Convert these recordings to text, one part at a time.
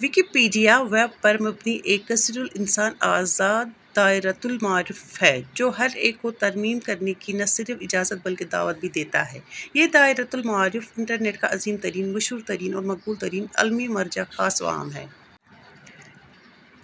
Wikipedia web پر مبنی ایک کثیر اللسان آزاد دائرۃ المعارف ہے جو ہر ایک کو ترمیم کرنے کی نہ صرف اجازت بلکہ دعوت بھی دیتا ہے۔ یہ دائرۃ المعارف انٹرنیٹ کا عظیم ترین، مشہور ترین اور مقبول ترین علمی مرجع خاص و عام ہے۔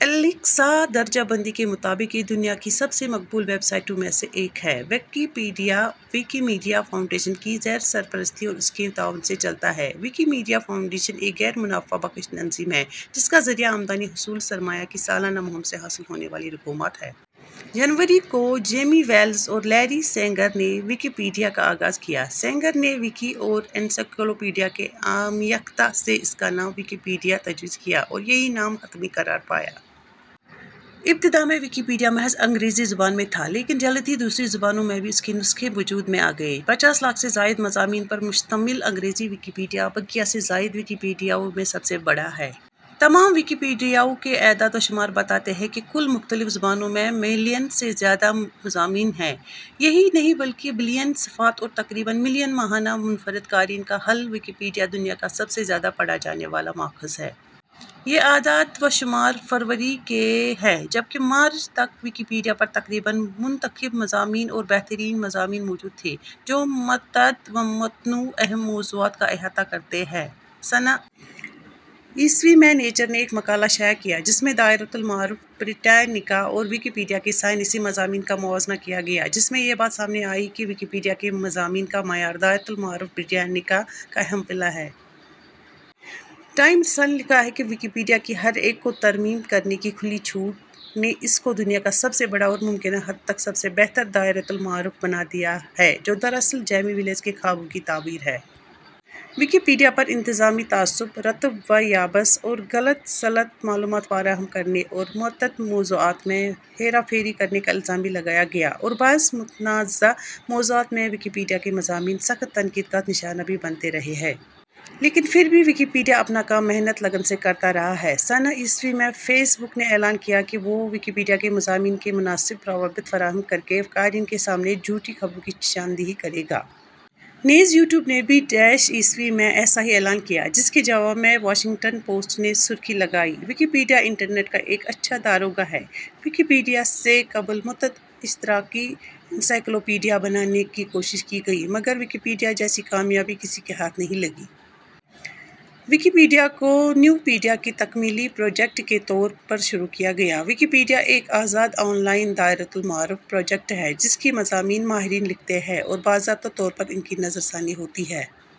الیکسا درجہ بندی کے مطابق یہ دنیا کی سب سے مقبول ویب سائٹوں میں سے ایک ہے۔ ویکیپیڈیا ویکیمیڈیا فاونڈیشن کی زیر سرپرستی اور اس کے تعاون سے چلتا ہے۔ ویکیمیڈیا فاؤنڈیشن ایک غیر منافع بخش تنظیم ہے جس کا ذریعہ آمدنی حصول سرمایہ کی سالانہ مہم سے حاصل ہونے والی رقومات ہیں۔ جنوری ء کو جیمی ویلز اور لیری سینگر نے ویکیپیڈیا کا آغاز کیا۔ سینگر نے ویکی اور انسائیکلوپیڈیا کے آمیختہ سے اس کا نام ویکیپیڈیا تجویز کیا اور یہی نام حتمی قرار پایا۔ ابتدا میں ویکیپیڈیا محض انگریزی زبان میں تھا لیکن جلد ہی دوسری زبانوں میں بھی اس کے نسخے وجود میں آگئے۔ پچاس لاکھ سے زائد مضامین پر مشتمل انگریزی ویکیپیڈیا بقیہ سے زائد ویکیپڈیاؤں میں سب سے بڑا ہے۔ تمام ویکیپیڈیاؤں کے اعداد و شمار بتاتے ہیں کہ کل مختلف زبانوں میں ملین سے زیادہ مضامین ہیں۔ یہی نہیں بلکہ بلین صفحات اور تقریباً ملین ماہانہ منفرد قارئین کا حامل ویکیپیڈیا دنیا کا سب زیادہ پڑھا جانے والا ماخذ ہے۔ یہ اعداد و شمار فروری ء کے ہیں، جبکہ مارچ ء تک ویکیپیڈیا پر تقریباً منتخب مضامین اور بہترین مضامیں موجود تھے جو متعدد و متنوع اہم موضوعات کا احاطہ کرتے ہیں۔ سنہ ء میں نیچر نے ایک مقالہ شائع کیا جس میں دائرۃ المعارف بریٹانیکا اور ویکیپیڈیا کے سائنسی مضامین کا موازنہ کیا گیا، جس میں یہ بات سامنے آئی کہ ویکیپیڈیا کے مضامین کا معیار دائرۃ المعارف بریٹانیکا کا ہم پلہ ہے۔ ٹائم رسالہ نے لکھا کہ ویکیپیڈیا کی ہر ایک کو ترمیم کرنے کی کھلی چھوٹ نے اس کو دنیا کا سب سے بڑا اور ممکنہ حد تک سب سے بہتر دائرۃ المعارف بنا دیا ہے جو دراصل جیمی ویلز کے خوابوں کی تعبیر ہے۔ ویکیپیڈیا پر انتظامی تعصب، رطب و یابس اور غلط سلط معلومات فراہم کرنے اور متعدد موضوعات میں ہیرا پھیری کرنے کا الزام بھی لگایا گیا اور بعض متنازع موضوعات میں ویکیپیڈیا کے مضامین سخت تنقید کا نشانہ بھی بنتے رہے ہیں۔ لیکن پھر بھی ویکیپیڈیا اپنا کام محنت لگن سے کرتا رہا ہے سنہ ء میں فیس بک نے اعلان کیا کہ وہ ویکیپیڈیا کے مضامین کے مناسب روابط فراہم کرکے قارئین کے سامنے جھوٹی خبروں کی نشان دہی کرے گا۔ نیز یوٹیوب نے بھی ء میں ایسا ہی اعلان کیا جس کے جواب میں واشنگٹن پوسٹ نے سرخی لگائی، "ویکیپیڈیا انٹرنیٹ کا ایک اچھا داروغہ" ہے۔ ۔ ویکیپیڈیاسے قبل متعدد اشتراکی انسائکلوپیڈیا بنانے کی کوشش کی گئی مگر ویکیپیڈیا جیسی کامیابی کسی کے ہاتھ نہیں لگی۔ ، ویکیپیڈیا کو نیوپیڈیا کے تکمیلی پراجیکٹ کے طور پر شروع کیا گیا۔ ویکیپیڈیا، ایک آزاد آن لائن دائرۃالمعارف پراجیکٹ ہے جس کے مضامین ماہرین لکھتے ہیں اور باضابطہ طور پر ان پر نظر ثانی ہوتی ہے۔